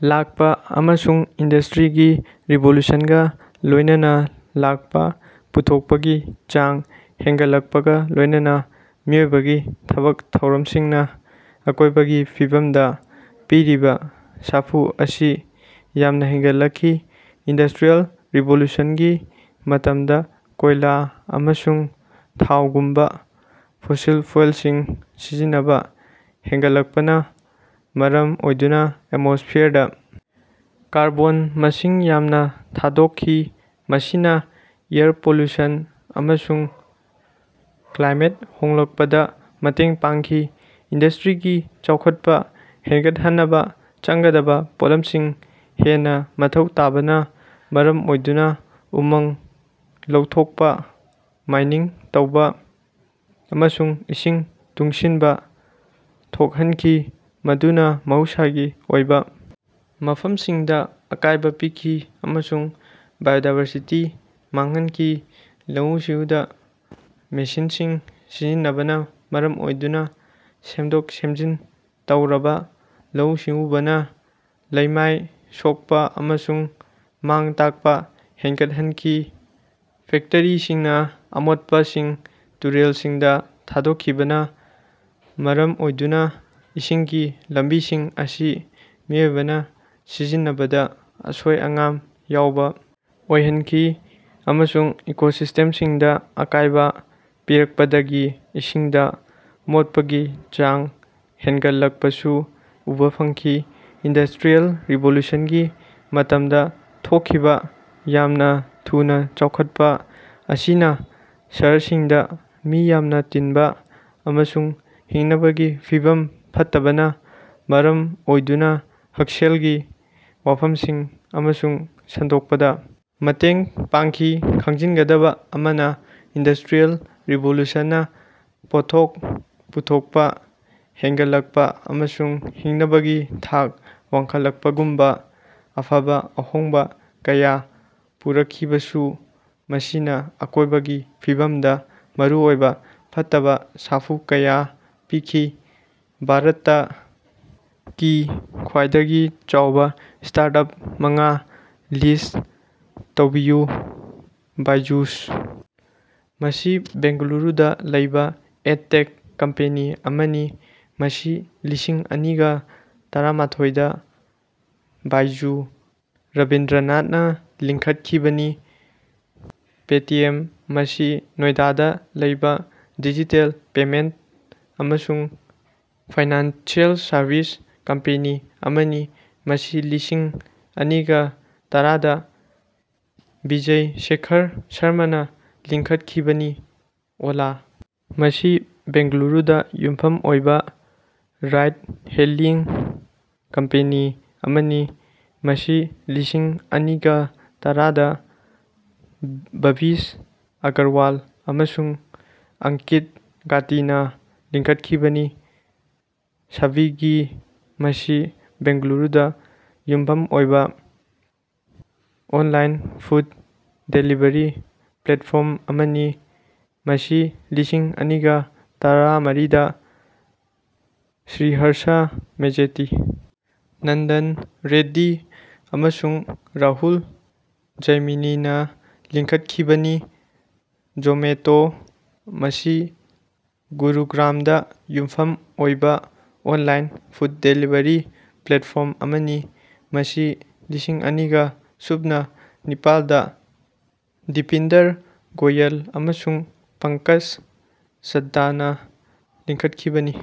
ꯂꯥꯛꯄ ꯑꯃꯁꯨꯡ ꯏꯟꯗꯁꯇ꯭ꯔꯤꯒꯤ ꯔꯤꯚꯣꯂꯨꯁꯟꯒ ꯂꯣꯏꯅꯅ ꯂꯥꯛꯄ ꯄꯨꯊꯣꯛꯄꯒꯤ ꯆꯥꯡ ꯍꯦꯟꯒꯠꯂꯛꯄꯒ ꯂꯣꯏꯅꯅꯥ ꯃꯤꯑꯣꯏꯕꯒꯤ ꯊꯕꯛ ꯊꯧꯔꯝꯁꯤꯡꯅ ꯑꯀꯣꯢꯕꯒꯤ ꯐꯤꯕꯝꯗ ꯄꯤꯔꯤꯕꯥ ꯁꯥꯐꯨ ꯑꯁꯤ ꯌꯥꯝꯅ ꯍꯦꯟꯒꯠꯂꯛꯈꯤ꯫ ꯏꯟꯗꯁꯇ꯭ꯔꯤꯌꯦꯜ ꯔꯤꯚꯣꯂꯨꯁꯟꯒꯤ ꯃꯇꯝꯗꯥ ꯀꯣꯢꯂꯥ ꯑꯃꯁꯨꯡ ꯊꯥꯎꯒꯨꯝꯕ ꯐꯣꯁꯤꯜ ꯐ꯭ꯌꯨꯑꯦꯜꯁꯤꯡ ꯁꯤꯖꯤꯟꯅꯕ ꯍꯦꯅꯒꯠꯂꯛꯄꯅ ꯃꯔꯝ ꯑꯣꯏꯗꯨꯅ ꯑꯦꯠꯃꯣꯁꯐꯤꯌꯔꯗ ꯀꯥꯔꯕꯣꯟ ꯃꯁꯤꯡ ꯌꯥꯝꯅ ꯊꯥꯗꯣꯛꯈꯤ ꯃꯁꯤꯅ ꯑꯦꯌꯔ ꯄꯣꯂꯨꯁꯟ ꯑꯃꯁꯨꯡ ꯀ꯭ꯂꯥꯏꯃꯦꯠ ꯍꯣꯡꯂꯛꯄꯗ ꯃꯇꯦꯡ ꯄꯥꯡꯈꯤ꯫ ꯏꯟꯗꯁꯇ꯭ꯔꯤꯒꯤ ꯆꯥꯎꯈꯠꯄ ꯍꯦꯟꯒꯠꯍꯟꯅꯕ ꯆꯪꯒꯗꯕ ꯄꯣꯠꯂꯝꯁꯤꯡ ꯍꯦꯟꯅ ꯃꯊꯧ ꯇꯥꯕꯅ ꯃꯔꯝ ꯑꯣꯏꯗꯨꯅ ꯎꯃꯪ ꯂꯧꯊꯣꯛꯄ ꯃꯥꯏꯅꯤꯡ ꯇꯧꯕꯥ ꯑꯃꯁꯨꯡ ꯏꯁꯤꯡ ꯇꯨꯡꯁꯤꯟꯕ ꯊꯣꯛꯍꯟꯈꯤ ꯃꯗꯨꯅ ꯃꯍꯧꯁꯥꯒꯤ ꯑꯣꯏꯕ ꯃꯐꯝꯁꯤꯡꯗ ꯑꯀꯥꯏꯕ ꯄꯤꯈꯤ ꯑꯃꯁꯨꯡ ꯕꯥꯏꯑꯣꯗꯥꯏꯕꯔꯁꯤꯇꯤ ꯃꯥꯡꯍꯟꯈꯤ꯫ ꯂꯧꯎ-ꯁꯤꯡꯎꯗ ꯃꯦꯁꯤꯟꯁꯤꯡ ꯁꯤꯖꯤꯟꯅꯕꯅ ꯃꯔꯝ ꯑꯣꯏꯗꯨꯅ ꯁꯦꯝꯗꯣꯛ ꯁꯦꯝꯖꯤꯟ ꯇꯧꯔꯕꯥ ꯂꯧꯎ-ꯁꯤꯡꯎꯕꯅ ꯂꯩꯃꯥꯏ ꯁꯣꯛꯄꯥ ꯑꯃꯁꯨꯡ ꯃꯥꯡ-ꯇꯥꯛꯄ ꯍꯦꯟꯒꯠꯍꯟꯈꯤ꯫ ꯐꯦꯛꯇꯔꯤꯁꯤꯡꯅ ꯑꯃꯣꯠꯄꯁꯤꯡ ꯇꯨꯔꯦꯜꯁꯤꯡꯗ ꯊꯥꯗꯣꯛꯈꯤꯕꯅ ꯃꯔꯝ ꯑꯣꯏꯗꯨꯅ ꯏꯁꯤꯡꯒꯤ ꯂꯝꯕꯤꯁꯤꯡ ꯑꯁꯤ ꯃꯤꯑꯣꯏꯕꯅ ꯁꯤꯖꯤꯟꯅꯕꯗ ꯑꯁꯣꯏ-ꯑꯉꯥꯝ ꯌꯥꯎꯕ ꯑꯣꯏꯍꯟꯈꯤ ꯑꯃꯁꯨꯡ ꯏꯀꯣꯁꯤꯁꯇꯦꯝꯁꯤꯡꯗ ꯑꯀꯥꯢꯕ ꯄꯤꯔꯛꯄꯗꯒꯤ ꯏꯁꯤꯡꯗ ꯃꯣꯠꯄꯒꯤ ꯆꯥꯡ ꯍꯦꯅꯒꯠꯂꯛꯄꯁꯨ ꯎꯕꯥ ꯐꯪꯈꯤ꯫ ꯏꯟꯗꯁꯇ꯭ꯔꯤꯌꯦꯜ ꯔꯤꯚꯣꯂꯨꯁꯟꯒꯤ ꯃꯇꯝꯗ ꯊꯣꯛꯈꯤꯕ ꯌꯥꯝꯅ ꯊꯨꯅꯥ ꯆꯥꯎꯈꯠꯄ ꯑꯁꯤꯅ ꯁꯍꯔꯁꯤꯡꯗ ꯃꯤ ꯌꯥꯝꯅ ꯇꯤꯟꯕ ꯑꯃꯁꯨꯡ ꯍꯤꯡꯅꯕꯒꯤ ꯐꯤꯚꯝ ꯐꯠꯇꯕꯅ ꯃꯔꯝ ꯑꯣꯏꯗꯨꯅ ꯍꯛꯁꯦꯜꯒꯤ ꯋꯥꯐꯝꯁꯤꯡ ꯑꯃꯁꯨꯡ ꯁꯟꯗꯣꯛꯄꯗ ꯃꯇꯦꯡ ꯄꯥꯡꯈꯤ꯫ ꯈꯪꯖꯤꯟꯒꯗꯕ ꯑꯃꯅ ꯏꯟꯗꯁꯇ꯭ꯔꯤꯌꯦꯜ ꯔꯤꯚꯣꯂꯨꯁꯟꯅ ꯄꯣꯠꯊꯣꯛ ꯄꯨꯊꯣꯛꯄ ꯍꯦꯟꯒꯠꯂꯛꯄ ꯑꯃꯁꯨꯡ ꯍꯤꯡꯅꯕꯒꯤ ꯊꯥꯛ ꯋꯥꯡꯈꯠꯂꯛꯄꯒꯨꯝꯕ ꯑꯐꯕ ꯑꯍꯣꯡꯕ ꯀꯌꯥ ꯄꯨꯔꯛꯈꯤꯕꯁꯨ ꯃꯁꯤꯅ ꯑꯀꯣꯏꯕꯒꯤ ꯐꯤꯕꯝꯗ ꯃꯔꯨꯑꯣꯏꯕ ꯐꯠꯇꯕ ꯁꯥꯐꯨ ꯀꯌꯥ ꯄꯤꯈꯤ꯫ ꯚꯥꯔꯇꯀꯤ ꯈ꯭ꯋꯥꯏꯗꯒꯤ ꯆꯥꯎꯕ ꯁ꯭ꯇꯥꯔꯠꯑꯞ ꯃꯉꯥ ꯂꯤꯁ꯭ꯠ ꯇꯧꯕꯤꯌꯨ꯫ ꯕꯥꯏꯖꯨꯁ- ꯃꯁꯤ ꯕꯦꯡꯒꯂꯨꯔꯨꯗ ꯂꯩꯕꯥ ꯑꯦꯗꯇꯦꯛ ꯀꯝꯄꯦꯅꯤ ꯑꯃꯅꯤ ꯃꯁꯤ ꯂꯤꯁꯤꯡ ꯑꯅꯤꯒ ꯇꯔꯥꯃꯊꯣꯏꯗ ꯕꯥꯏꯖꯨ ꯔꯕꯤꯟꯗ꯭ꯔꯅꯥ ꯂꯤꯡꯈꯠꯈꯤꯕꯅꯤ꯫ ꯄꯦꯇꯤꯑꯦꯝ- ꯃꯁꯤ ꯅꯣꯏꯗꯥꯗ ꯂꯩꯕꯥ ꯗꯤꯖꯤꯇꯦꯜ ꯄꯦꯃꯦꯟꯇ ꯑꯃꯁꯨꯡ ꯐꯥꯏꯅꯥꯟꯁꯤꯑꯦꯜ ꯁꯔꯕꯤꯁ ꯀꯝꯄꯦꯅꯤ ꯑꯃꯅꯤ ꯃꯁꯤ ꯂꯤꯁꯤꯡ ꯑꯅꯤꯒ ꯇꯔꯥꯗ ꯕꯤꯖꯌ ꯁꯦꯈꯔ ꯁꯔꯃꯥꯅ ꯂꯤꯡꯈꯠꯈꯤꯕꯅꯤ꯫ ꯑꯣꯂꯥ- ꯃꯁꯤ ꯕꯦꯡꯒꯂꯨꯔꯨꯗꯥ ꯌꯨꯝꯐꯝ ꯑꯣꯏꯕꯥ ꯔꯥꯏꯗ-ꯍꯦꯂꯤꯡ ꯀꯝꯄꯦꯅꯤ ꯑꯃꯅꯤ ꯃꯁꯤ ꯂꯤꯁꯤꯡ ꯑꯅꯤꯒ ꯇꯔꯥꯗ ꯚꯕꯤꯁ ꯑꯒꯔꯋꯥꯜ ꯑꯃꯁꯨꯡ ꯑꯪꯀꯤꯠ ꯚꯥꯇꯤꯅ ꯂꯤꯡꯈꯠꯈꯤꯕꯅꯤ꯫ ꯁ꯭ꯕꯤꯒꯤ- ꯃꯁꯤ ꯕꯦꯡꯒꯂꯨꯔꯨꯗꯥ ꯌꯨꯝꯐꯝ ꯑꯣꯏꯕ ꯑꯣꯟꯂꯥꯢꯟ ꯐꯨꯗ ꯗꯦꯂꯤꯕꯔꯤ ꯄ꯭ꯂꯦꯠꯐꯣꯔꯝ ꯑꯃꯅꯤ ꯃꯁꯤ ꯂꯤꯁꯤꯡ ꯑꯅꯤꯒ ꯇꯔꯥꯃꯔꯤꯗ ꯁ꯭ꯔꯤꯍꯔꯁꯥ ꯃꯦꯖꯦꯇꯤ ꯅꯟꯗꯟ ꯔꯦꯗ꯭ꯗꯤ ꯑꯃꯁꯨꯡ ꯔꯥꯍꯨꯜ ꯖꯌꯃꯤꯅꯤꯅꯥ ꯂꯤꯡꯈꯠꯈꯤꯕꯅꯤ꯫ ꯖꯣꯃꯦꯇꯣ- ꯃꯁꯤ ꯒꯨꯔꯨꯒ꯭ꯔꯥꯝꯗ ꯌꯨꯝꯐꯝ ꯑꯣꯏꯕ ꯑꯣꯟꯂꯥꯏꯟ ꯐꯨꯗ ꯗꯦꯂꯤꯕꯔꯤ ꯄ꯭ꯂꯦꯠꯐꯣꯔꯝ ꯑꯃꯅꯤ ꯃꯁꯤ ꯂꯤꯁꯤꯡ ꯑꯅꯤꯒ ꯁꯨꯞꯅ ꯅꯤꯄꯥꯜꯗ ꯗꯤꯄꯤꯟꯗꯔ ꯒꯣꯌꯜ ꯑꯃꯁꯨꯡ ꯄꯡꯀꯖ ꯆꯗꯗꯥꯅꯥ ꯂꯤꯡꯈꯠꯈꯤꯕꯅꯤ꯫